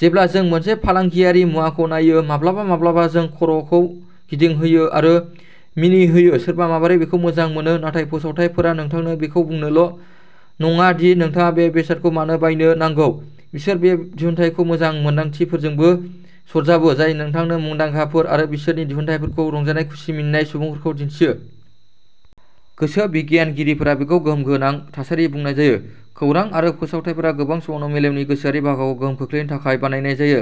जेब्ला जों मोनसे फालांगियारि मुवाखौ नायो, माब्लाबा माब्लाबा जों खर'खौ गिदिं होयो आरो मिनिहोयो सोरबा माबोरै बेखौ मोजां मोनो? नाथाय फोसावथायफोरा नोंथांनो बेखौ बुंनोल' नङा दि नोंथाङा बे बेसादखौ मानो बायनो नांगौ। बिसोर बे दिहुनथायखौ मोजां मोनदांथिफोरजोंबो सरजाबो, जाय नोंथांनो मुंदांखाफोर आरो बिसोरनि दिहुनथाइफोरखौ रंजानाय खुसि, मिनिनाय सुबुंफोरखौ दिन्थियो। गोसो बिगियानगिरिफोरा बेखौ गोहोम गोनां थासारि बुंनाय जायो। खौरां आरो फोसावथाइफोरा गोबां समावनो मेलेमनि गोसोआरि बाहागोखौ गोहोम खोख्लैनो थाखाय बानायनाय जायो,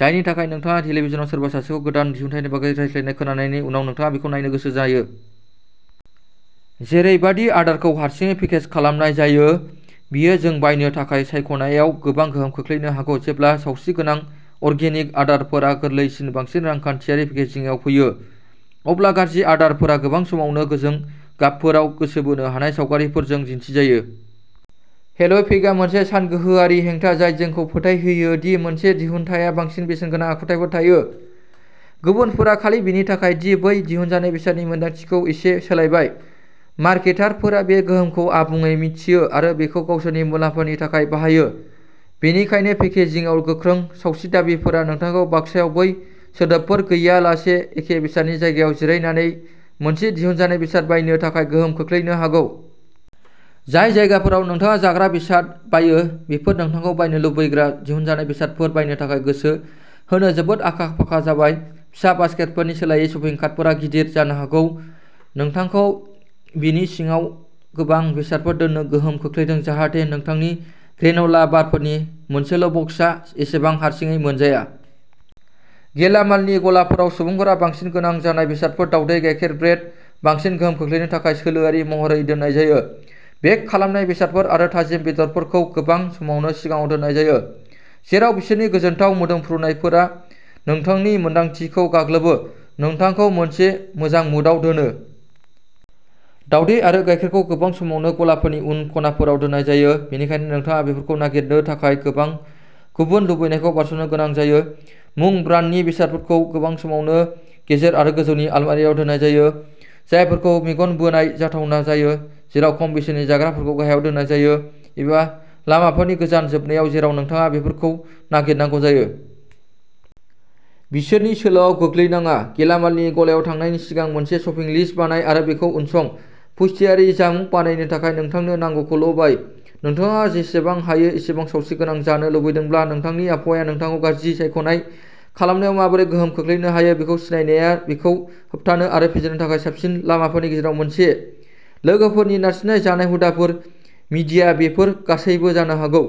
जायनि थाखाय नोंथाङा टेलिभिजनआव सोरबा सासेखौ गोदान दिहुनथायनि बागै रायज्लायनाय खोनानायनि उनाव, नोंथाङा बेखौ नायनो गोसो जायो। जेरैबादि आदारखौ हारसिङै पेकेज खालामनाय जायो, बेयो जों बायनो थाखाय सायख'नायाव गोबां गोहोम खोख्लैनो हागौ। जेब्ला सावस्रिगोनां, अर्गेनिक आदारफोरा गोरलैसिन, बांसिन रांखान्थियारि पेकेजिंआव फैयो, अब्ला गाज्रि आदारफोरा गोबां समावनो गोजों गाबफोराव गोसो बोनो हानाय सावगारिफोरजों दिन्थिजायो। हेल'इफेक्टआ मोनसे सानगोहोआरि हेंथा, जाय जोंखौ फोथायहोयो दि मोनसे दिहुनथाइहा बांसिन बेसेनगोनां आखुथायफोर थायो। गुबुनफोरा खालि बेनि थाखाय दि बै दिहुनजानाय बेसादनि मोनदांथिखौ एसे सोलायबाय। मार्केटारफोरा बे गोहोमखौ आबुङै मिथियो आरो बेखौ गावसोरनि मुलाम्फानि थाखाय बाहायो बेनिखायनो पेकेजिंआव गोख्रों सावस्रि दाबिफोरा नोंथांखौ बाक्सायाव बै सोदोबफोर गैयालासे एखे बेसादनि जायगायाव जिरायनानै मोनसे दिहुनजानाय बेसाद बायनो थाखाय गोहोम खोख्लैनो हागौ। जाय जायगाफोराव नोंथाङा जाग्रा बेसाद बायो, बेफोर नोंथांखौ बायनो लुबैग्रा दिहुनजानाय बेसादफोर बायनो थाखाय गोसो होनो जोबोद आखा-फाखा जाबाय। फिसा बासकेटफोरनि सोलायै, शपिं कार्टफोरा गिदिर, जानो हागौ नोंथांखौ बेनि सिङाव गोबां बेसादफोर दोननो गोहोम खोख्लैदों जाहाथे नोंथांनि ग्रेन'ला बारफोरनि मोनसेल'बक्सआ एसेबां हारसिङै मोनजाया। गेलामालनि गलाफोराव सुबुंफोरा बांसिन गोनां जानाय बेसादफोर, दावदै, गायखेर, ब्रेड, बांसिन गोहोम खोख्लैनो थाखाय सोलोआरि महरै दोननाय जायो। बेक खालामनाय बेसादफोर आरो थाजिम बेदरफोरखौ गोबां समावनो सिगाङाव दोननाय जायो, जेराव बिसोरनि गोजोनथाव मोदोमफ्रुनायफोरा नोंथांनि मोनदांथिखौ गाग्लोबो, नोंथांखौ मोनसे मोजां मुडआव दोनो। दावदै आरो गायखेरखौ गोबां समावनो गलाफोरनि उन खनाफोराव दोननाय जायो, बेनिखायनो नोंथाङा बेफोरखौ नागिरनो थाखाय गोबां गुबुन लुबैनायखौ बारस'नो गोनां जायो। मुं ब्रान्डनि बेसादफोरखौ गोबां समावनो गेजेर आरो गोजौनि अलमारियाव दोननाय जायो, जायफोरखौ मेगन बोनाय जाथावना जायो, जेराव खम बेसेननि जाग्राफोरखौ गाहायाव दोननाय जायो, एबा लामाफोरनि गोजान जोबनायाव जेराव नोंथाङा बेफोरखौ नागिरनांगौ जायो। बिसोरनि सोलोआव गोग्लैनाङा गेलामालनि गलायाव थांनायनि सिगां, मोनसे शपिं लिस्ट बानाय आरो बेखौ उनसं। पुष्टियारि जामुं बानायनो थाखाय नोंथांनो नांगौखौल'बाय। नोंथाङा जेसेबां हायो एसेबां सावस्रिगोनां जानो लुबैदोंब्ला, नोंथांनि आबहावाया नोंथांखौ गाज्रि सायख'नाय खालामनायाव माबोरै गोहोम खोख्लैनो हायो बेखौ सिनायनाया बेखौ होबथानो आरो फेजेननो थाखाय साबसिन लामाफोरनि गेजेराव मोनसे। लोगोफोरनि नारसिननाय, जानाय हुदाफोर, मिडिया, बेफोर गासैबो जानो हागौ।